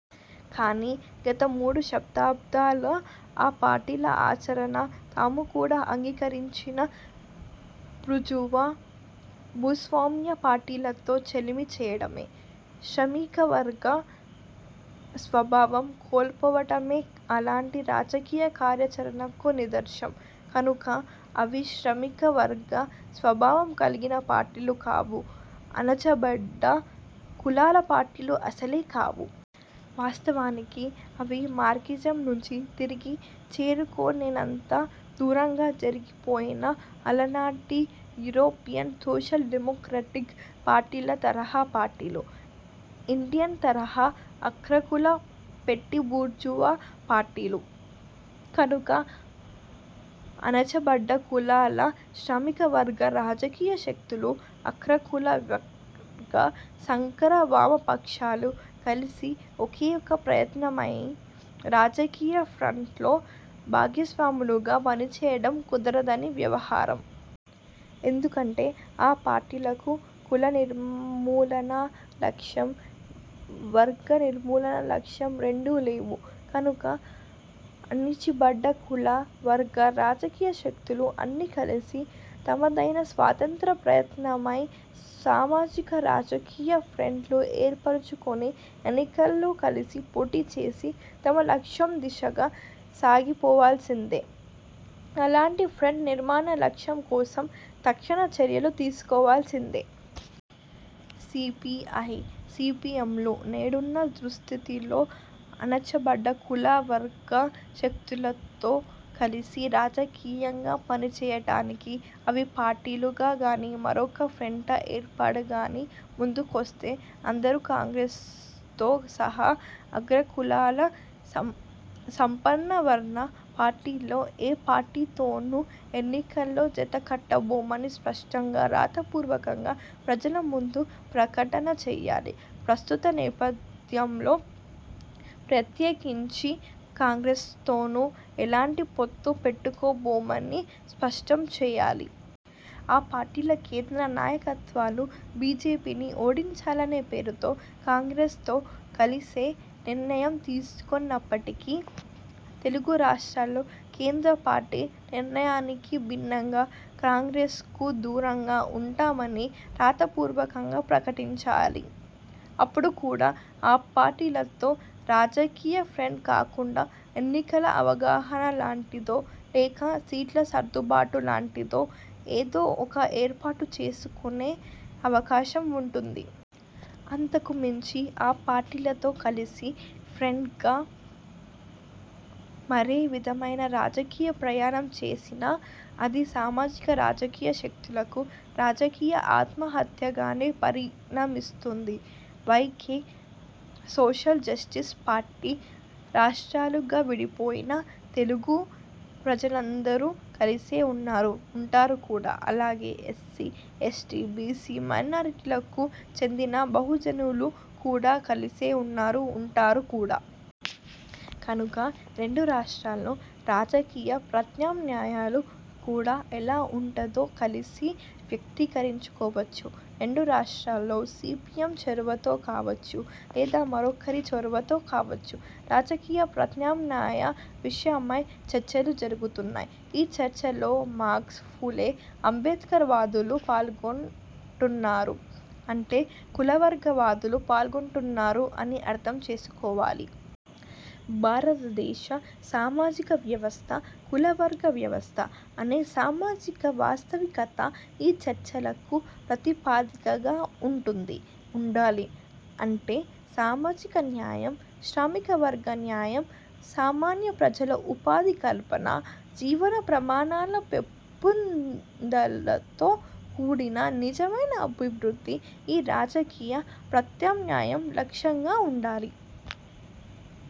కానీ, గత మూడు శతాబ్దాల ఆ పార్టీల ఆచరణ, తాము కూడా అంగీకరించిన బూర్జువా, భూస్వామ్య పార్టీలతో చెలిమి చేయడమే. శ్రామికవర్గ స్వభావం కోల్పోవటమే అలాంటి రాజకీయ కార్యాచరణకు నిదర్శనం. కనుక, అవి శ్రామిక వర్గ స్వభావం కలిగిన పార్టీలు కావు. అణచబడ్డ కులాల పార్టీలు అసలే కావు. వాస్తవానికి, అవి మార్క్సిజం నుంచి తిరిగి చేరుకోలేనంత దూరంగా జరిగిపోయిన అలనాటి యూరోపియన్ 'సోషల్ డెమోక్రాటిక్' పార్టీల తరహా పార్టీలు. ఇండియన్ తరహా అగ్రకుల పెటీబూర్జువా పార్టీలు. కనుక, అణచబడ్డ కులాల శ్రామికవర్గ రాజకీయ శక్తులూ, అగ్రకుల వర్గ సంకర వామపక్షాలూ కలిసి ఒకే ఒక ప్రత్యామ్నాయ రాజకీయ ఫ్రంట్లో భాగస్వాములుగా పనిచేయడం కుదరని వ్యవహారం. ఎందుకంటే, ఆ పార్టీలకు కుల నిర్మూలనా లక్ష్యం, వర్గ నిర్మూలనా లక్ష్యం రెండూ లేవు. కనుక అణచబడ్డ కుల–వర్గ రాజకీయ శక్తులు అన్నీ కలిసి, తమదైన స్వతంత్ర ప్రయత్నమై సామాజిక రాజకీయ ఫ్రంట్ను ఏర్పరచుకొని ఎన్నికల్లో కలిసి పోటీచేసి తమ లక్ష్యం దిశగా సాగిపోవాల్సిందే. అలాంటి ఫ్రంట్ నిర్మాణ లక్ష్యం కోసం తక్షణ చర్యలు తీసుకోవలసిందే. సీపీఐ, సీపీఎంలు నేడున్న దుస్థితిలో అణచబడ్డ కుల–వర్గ శక్తులతో కలిసి రాజకీయంగా పనిచెయ్యటానికి, అవి పార్టీలుగా గానీ, మరొక ఫ్రంట్గా ఏర్పడిగానీ, ముందుకొస్తే, అందుకు కాంగ్రెస్తో సహా, అగ్రకులాల సంపన్నవర్గ పార్టీల్లో ఏ పార్టీతోనూ ఎన్నికల్లో జతకట్టబోమని స్పష్టంగా, రాతపూర్వకంగా ప్రజలముందు ప్రకటన చెయ్యాలి. ప్రస్తుత నేపథ్యంలో, ప్రత్యేకించి కాంగ్రెస్తోనూ, ఎలాంటి పొత్తు పెట్టుకోబోమని స్పష్టంచెయ్యాలి. ఆ పార్టీల కేంద్ర నాయకత్వాలు బీజేపీని ఓడించాలనే పేరుతో కాంగ్రెస్తో కలిసే నిర్ణయం తీసుకొన్నప్పటికీ, తెలుగు రాష్ట్రాల్లో కేంద్ర పార్టీ నిర్ణయానికి భిన్నంగా, కాంగ్రెస్కు దూరంగా వుంటామని రాతపూర్వకంగా ప్రకటించాలి. అప్పుడు కూడా, ఆ పార్టీలతో రాజకీయఫ్రంట్ కాకుండా, ఎన్నికల అవగాహన లాంటిదో, లేక, సీట్లసర్దుబాటు లాంటిదో ఏదో ఒక ఏర్పాటుచేసుకొనే అవకాశం వుంటుంది. అంతకుమించి ఆ పార్టీలతో కలిసి ఫ్రంట్గా, మరే విధమైన రాజకీయ ప్రయాణం చేసినా, అది సామాజిక రాజకీయ శక్తులకు రాజకీయ ఆత్మహత్యగానే పరిణమిస్తుంది. Y. K. Social justice party రాష్ట్రాలుగా విడిపోయినా, తెలుగు ప్రజలందరూ కలిసే ఉన్నారు, ఉంటారు కూడా. అలాగే, ఎస్సీ, ఎస్టీ, బీసీ, మైనార్టీలకు చెందిన బహుజనులు కూడా కలిసే ఉన్నారు, ఉంటారు కూడా. కనుక, రెండు రాష్ట్రాల్లో రాజకీయ ప్రత్యామ్నాయాలు కూడా ఎలా వుండాలో కలిసి వ్యక్తీకరించుకోవచ్చు. రెండు రాష్ట్రాల్లో సీపీఎం చొరవతో కావొచ్చు, లేదా మరొకరి చొరవతో కావచ్చు రాజకీయ ప్రత్యామ్నాయ విషయమై చర్చలు జరుగుతున్నాయి. ఈ చర్చల్లో మార్క్స్, ఫూలే– అంబేద్కర్ వాదులు పాల్గొంటున్నారు. అంటే, కుల-వర్గ వాదులు పాల్గొంటున్నారు అని అర్థం చేసుకోవాలి. భారతదేశ సామాజిక వ్యవస్థ కుల-వర్గ వ్యవస్థ అనే సామాజిక వాస్తవికత ఈ చర్చలకు ప్రాతిపదికగా వుంటుంది. ఉండాలి. అంటే, సామాజిక న్యాయం, శ్రామిక వర్గ న్యాయం, సామాన్య ప్రజల ఉపాధి కల్పన, జీవన ప్రమాణాల పెంపుదలతో కూడిన నిజమైన అభివృద్ధి ఈ రాజకీయ ప్రత్యామ్నాయం లక్ష్యంగా వుండాలి.